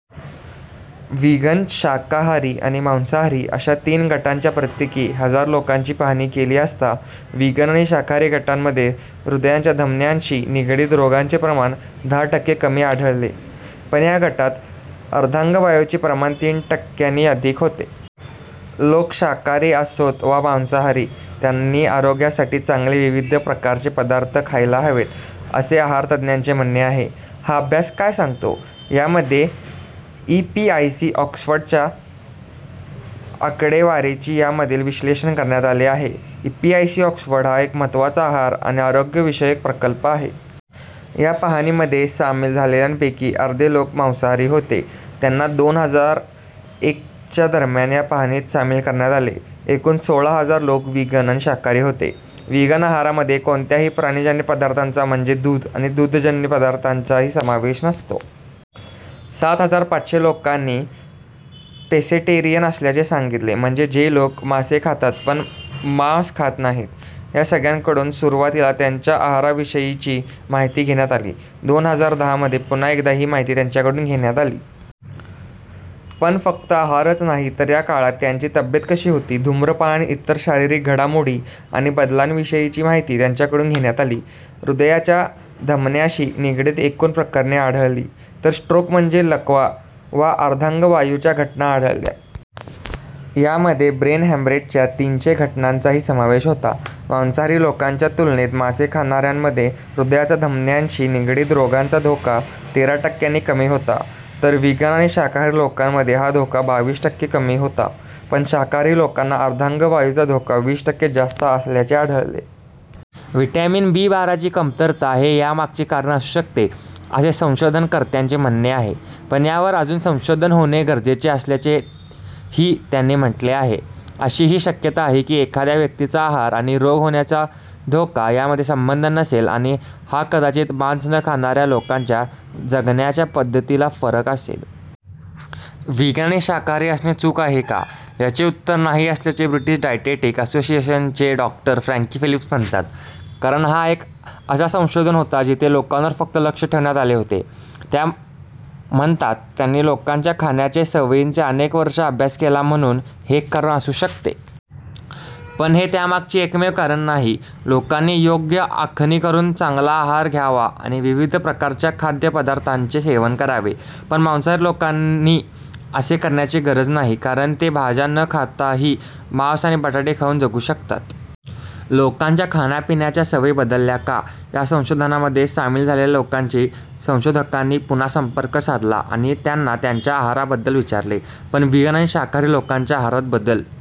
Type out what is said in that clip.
Vegan, शाकाहारी आणि मांसाहारी अशा तीन गटांच्या प्रत्येकी हजार लोकांची पाहणी केली असता व्हिगन आणि शाकाहारी गटांमध्ये हृदयाच्या धमन्यांशी निगडित रोगांचे प्रमाण दहा टक्के कमी आढळले. पण या गटात अर्धांगवायूचे प्रमाण तीन टक्क्यांनी अधिक होते. लोक शाकाहारी असोत वा मांसाहारी त्यांनी आरोग्यासाठी चांगले विविध प्रकारचे पदार्थ खायला हवेत असे आहारतज्ज्ञांचे म्हणणे आहे. हा अभ्यास काय सांगतो? यामध्ये ईपीआयसी-ऑक्सफर्डच्या आकडेवारीचे यामध्ये विश्लेषण करण्यात आले आहे. ईपीआयसी-ऑक्सफर्ड हा एक महत्त्वाचा आहार आणि आरोग्यविषयक प्रकल्प आहे. या पाहणीमध्ये सामील झालेल्यांपैकी अर्धे लोक मांसाहारी होते. त्यांना दोन हजार एकच्या दरम्यान या पाहणीत सामील करण्यात आले. एकूण सोळा हजार लोक व्हिगन आणि शाकाहारी होते. व्हिगन आहारामध्ये कोणत्याही प्राणीजन्य पदार्थांचा म्हणजे दूध आणि दुग्धजन्य पदार्थांचाही समावेश नसतो. सात हजार पाचशे लोकांनी पेसेटेरियन असल्याचे सांगितले. म्हणजे हे लोक मासे खातात पण मांस खात नाहीत. या सगळ्यांकडून सुरवातीला त्यांच्या आहाराविषयीची माहिती घेण्यात आली. दोन हजार दहामध्ये पुन्हा एकदा ही माहिती त्यांच्याकडून घेण्यात आली. पण फक्त आहारच नाही तर या काळात त्यांची तब्येत कशी होती, धूम्रपान आणि इतर शारीरिक घडामोडी आणि बदलांविषयीची माहिती त्यांच्याकडून घेण्यात आली. हृदयाच्या धमन्याशी निगडित एकूण प्रकरणे आढळली. तर स्ट्रोक म्हणजे लकवा वा अर्धांगवायूच्या घटना आढळल्या. यामध्ये ब्रेन हॅमरेजच्या तीनशे घटनांचाही समावेश होता. मांसाहारी लोकांच्या तुलनेत मासे खाणाऱ्यांमध्ये हृदयाच्या धमन्यांशी निगडित रोगांचा धोका तेरा टक्क्यांनी कमी होता. तर व्हिगन आणि शाकाहारी लोकांमध्ये हा धोका बावीस टक्के कमी होता. पण शाकाहारी लोकांना अर्धांगवायूचा धोका वीस टक्के जास्त असल्याचे आढळले. व्हिटॅमिन बी-बाराची कमतरता हे यामागचे कारण असू शकते असे संशोधनकर्त्यांचे म्हणणे आहे. पण यावर अजून संशोधन होणे गरजेचे असल्याचेही त्यांनी म्हटले आहे. अशी ही शक्यता आहे कि एखाद्या व्यक्तीचा आहार आणि रोग होण्याचा धोका यामध्ये संबंध नसेल आणि हा कदाचित मांस न खाणाऱ्या लोकांच्या जगण्याच्या पद्धतींतला फरक असेल. व्हिगन आणि शाकाहारी असणे चूक आहे का? याचे उत्तर 'नाही' असल्याचे ब्रिटिश डाएटेटिक असोसिएशनच्या डॉ. फ्रँकी फिलिप्स म्हणतात. कारण हा एक असा संशोधन होता जिथे लोकांवर फक्त लक्ष ठेवण्यात आले होते. त्या म्हणतात, "त्यांनी लोकांच्या खाण्याच्या सवयींचा अनेक वर्षे अभ्यास केला म्हणून हे एक कारण असू शकते. पण हे त्यामागचे एकमेव कारण नाही." "लोकांनी योग्य आखणी करून चांगला आहार घ्यावा आणि विविध प्रकारच्या खाद्यपदार्थांचे सेवन करावे. पण मांसाहारी लोकांनी असे करण्याची गरज नाही. कारण ते भाज्या न खाताही मांस आणि बटाटे खाऊन जगू शकतात." लोकांच्या खाण्यापिण्याच्या सवयी बदलल्या का? या संशोधनामध्ये सामील झालेल्या लोकांशी संशोधकांनी पुन्हा संपर्क साधला आणि त्यांना त्यांच्या आहाराबद्दल विचारले. पण व्हिगन आणि शाकाहारी लोकांच्या आहारात बदल